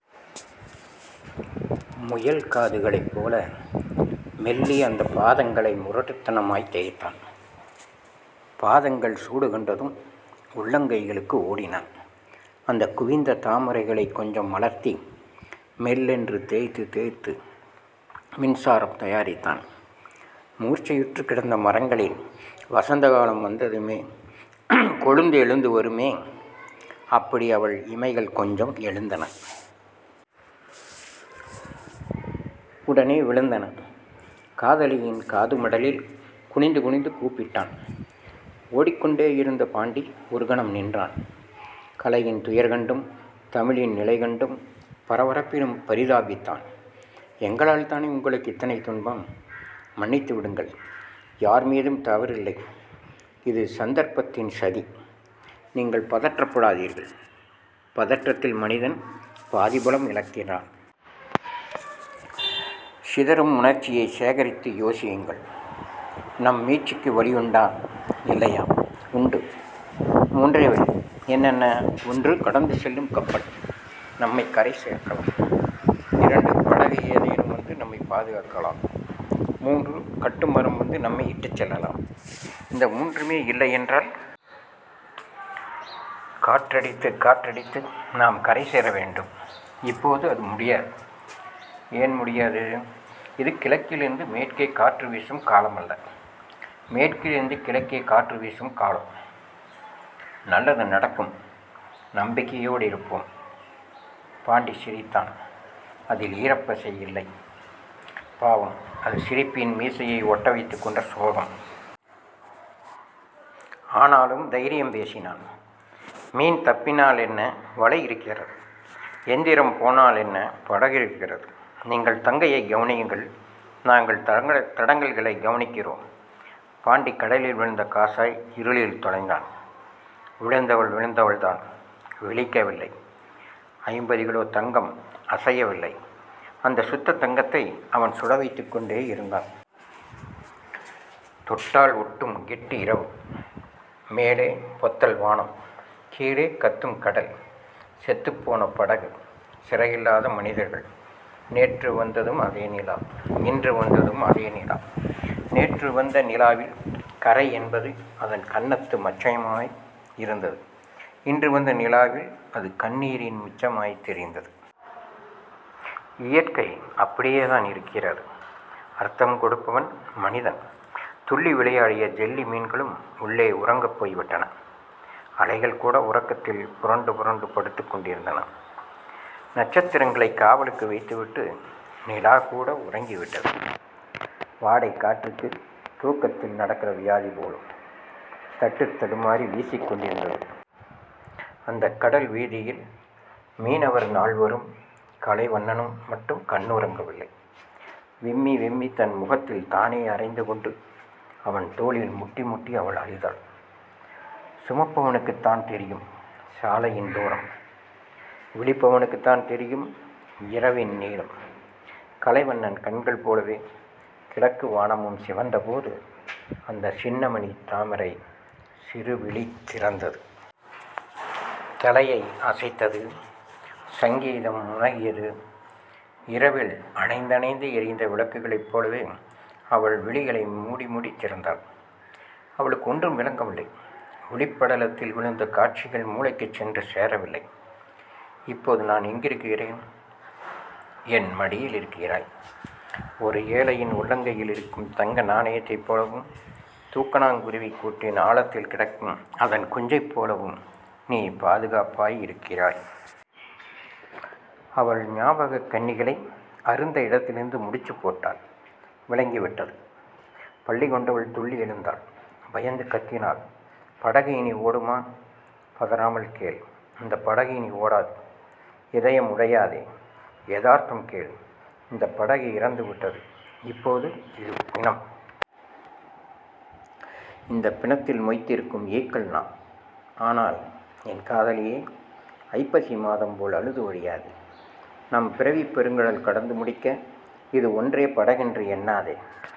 முயல்காதுகளைப் போல மெல்லிய அந்தப் பாதங்களை முரட்டுத்தனமாய்த் தேய்த்தான். பாதங்கள் சூடுகண்டதும் உள்ளங்கைகளுக்கு ஓடினான். அந்தக் குவிந்த தாமரைகளைக் கொஞ்சம் மலர்த்தி மெல்லென்று தேய்த்துத் தேய்த்து மின்சாரம் தயாரித்தான். முர்ச்சையுற்றுக் கிடந்த மரங்களில் வசந்தகாலம் வந்ததுமே கொழுந்து எழுந்துவருமே அப்படி அவள் இமைகள் கொஞ்சம் எழுந்தன. உடனே விழுந்தன. காதலியின் காதுமடலில் குனிந்து குனிந்து கூப்பிட்டான். ஓடிக்கொண்டேயிருந்த பாண்டி ஒருகணம் நின்றான். கலையின் துயர் கண்டும் தமிழின் நிலைகண்டும் பரபரப்பிலும் பரிதாபித்தான். எங்களால்தானே உங்களுக்கு இத்தனை துன்பம்? மன்னித்து விடுங்கள். யார் மீதும் தவறில்லை. இது சந்தர்ப்பத்தின் சதி. நீங்கள் பதற்றப்படாதீர்கள். பதற்றத்தில் மனிதன் பாதிபலம் இழக்கிறான். சிதறும் உணர்ச்சியைச் சேகரித்து யோசியுங்கள். நம் மீட்சிக்கு வழியுண்டா இல்லையா? உண்டு. முன்றே வழி... என்னென்ன? ஒன்று. கடந்து செல்லும் கப்பல் நம்மைக் கரை சேர்க்கலாம். இரண்டு. படகு ஏதேனும் வந்து நம்மைப் பாதுகாக்கலாம். முன்று. கட்டுமரம் வந்து நம்மை இட்டுச் செல்லலாம். இந்த முன்றுமே இல்லையென்றால்..? காற்றடித்துக் காற்றடித்து நாம் கரைசேர வேண்டும். இப்போது அது முடியாது. ஏன் முடியாது? இது கிழக்கிலிருந்து மேற்கே காற்றுவீசும் காலமல்ல. மேற்கிலிருந்து கிழக்கே காற்றுவீசும் காலம். நல்லது நடக்கும். நம்பிக்கையோடிருப்போம். பாண்டி சிரித்தான். அதில் ஈரப்பசை இல்லை. பாவம். அது சிரிப்பின் மீசையை ஒட்டவைத்துக் கொண்ட சோகம். ஆனாலும் தைரியம் பேசினான். மீன் தப்பினாலென்ன? வலை இருக்கிறது. எந்திரம் போனாலென்ன? படகு இருக்கிறது. நீங்கள் தங்கையைக் கவனியுங்கள். நாங்கள் தடங்கல்களைக் கவனிக்கிறோம். பாண்டி கடலில் விழுந்த காசாய் இருளில் தொலைந்தான். விழுந்தவள் விழுந்தவள்தான். விழிக்கவில்லை. ஐம்பது கிலோ தங்கம் அசையவில்லை. அந்தச் சுத்தத் தங்கத்தை அவன் சுடவைத்துக் கொண்டேயிருந்தான். தொட்டால் ஒட்டும் கெட்டி இரவு. மேலே பொத்தல் வானம். கீழே கத்தும் கடல். செத்துப் போன படகு. சிறகில்லாத மனிதர்கள். நேற்று வந்ததும் அதே நிலா. இன்று வந்ததும் அதே நிலா. நேற்று வந்த நிலாவில் கறை என்பது அதன் கன்னத்து மச்சமாய் இருந்தது. இன்று வந்த நிலாவில் அது கண்ணீரின் மிச்சமாய்த் தெரிந்தது. இயற்கை அப்படியேதான் இருக்கிறது. அர்த்தம் கொடுப்பவன் மனிதன். துள்ளி விளையாடிய ஜெல்லி மீன்களும் உள்ளே உறங்கப் போய்விட்டன. அலைகள்கூட உறக்கத்தில் புரண்டு புரண்டு படுத்துக் கொண்டிருந்தன. நட்சத்திரங்களைக் காவலுக்கு வைத்துவிட்டு நிலாகூட உறங்கிவிட்டது. வாடைக் காற்றுக்குத் தூக்கத்தில் நடக்கிற வியாதி போலும். தட்டுத் தடுமாறி வீசிக்கொண்டிருந்தது. அந்தக் கடல்வீதியில் மீனவர் நால்வரும் கலைவண்ணனும் மட்டும் கண்ணுறங்கவில்லை. விம்மிவிம்மித் தன் முகத்தில் தானே அறைந்துகொண்டு, அவன் தோளில் முட்டிமுட்டி அவள் அழுதாள். சுமப்பவனுக்குத்தான் தெரியும் சாலையின் தூரம். விழிப்பவனுக்குத்தான் தெரியும் இரவின் நீளம். கலைவண்ணன் கண்கள் போலவே கிழக்கு வானமும் சிவந்தபோது அந்தச் சின்னமணித்தாமரை சிறுவிழி திறந்தது. தலையை அசைத்தது. சங்கீதம் முனகியது. இரவில் அணைந்தணைந்து எரிந்த விளக்குகளைப் போலவே அவள் விழிகளை முடிமுடித் திறந்தாள். அவளுக்கு ஒன்றும் விளங்கவில்லை. விழிப்படலத்தில் விழுந்த காட்சிகள் முளைக்குச் சென்று சேரவில்லை. இப்போது நான் எங்கிருக்கிறேன்? என் மடியிலிருக்கிறாய். ஓர் ஏழையின் உள்ளங்கையிலிருக்கும் தங்க நாணயத்தைப் போலவும் தூக்கணாங்குருவிக் கூட்டின் ஆழத்தில் கிடக்கும் அதன் குஞ்சைப் போலவும் நீ பாதுகாப்பாயிருக்கிறாய். அவள் ஞாபகக் கண்ணிகளை அறுந்த இடத்திலிருந்து முடிச்சுப் போட்டாள். விளங்கிவிட்டது. பள்ளி கொண்டவள் துள்ளி எழுந்தாள். பயந்து கத்தினாள். படகு இனி ஓடுமா? பதறாமல் கேள். இந்தப் படகு இனி ஓடாது. இதயம் உடையாதே. எதார்த்தம் கேள். இந்தப் படகு இறந்துவிட்டது. இப்போது இது பிணம். இந்தப் பிணத்தில் மொய்த்திருக்கும் ஈக்கள் நாம். ஆனால், என் காதலியே. ஐப்பசி மாதம்போல் அழுது வடியாதே. நம் பிறவிப் பெருங்கடல் கடந்து முடிக்க இதுவொன்றே படகென்று எண்ணாதே.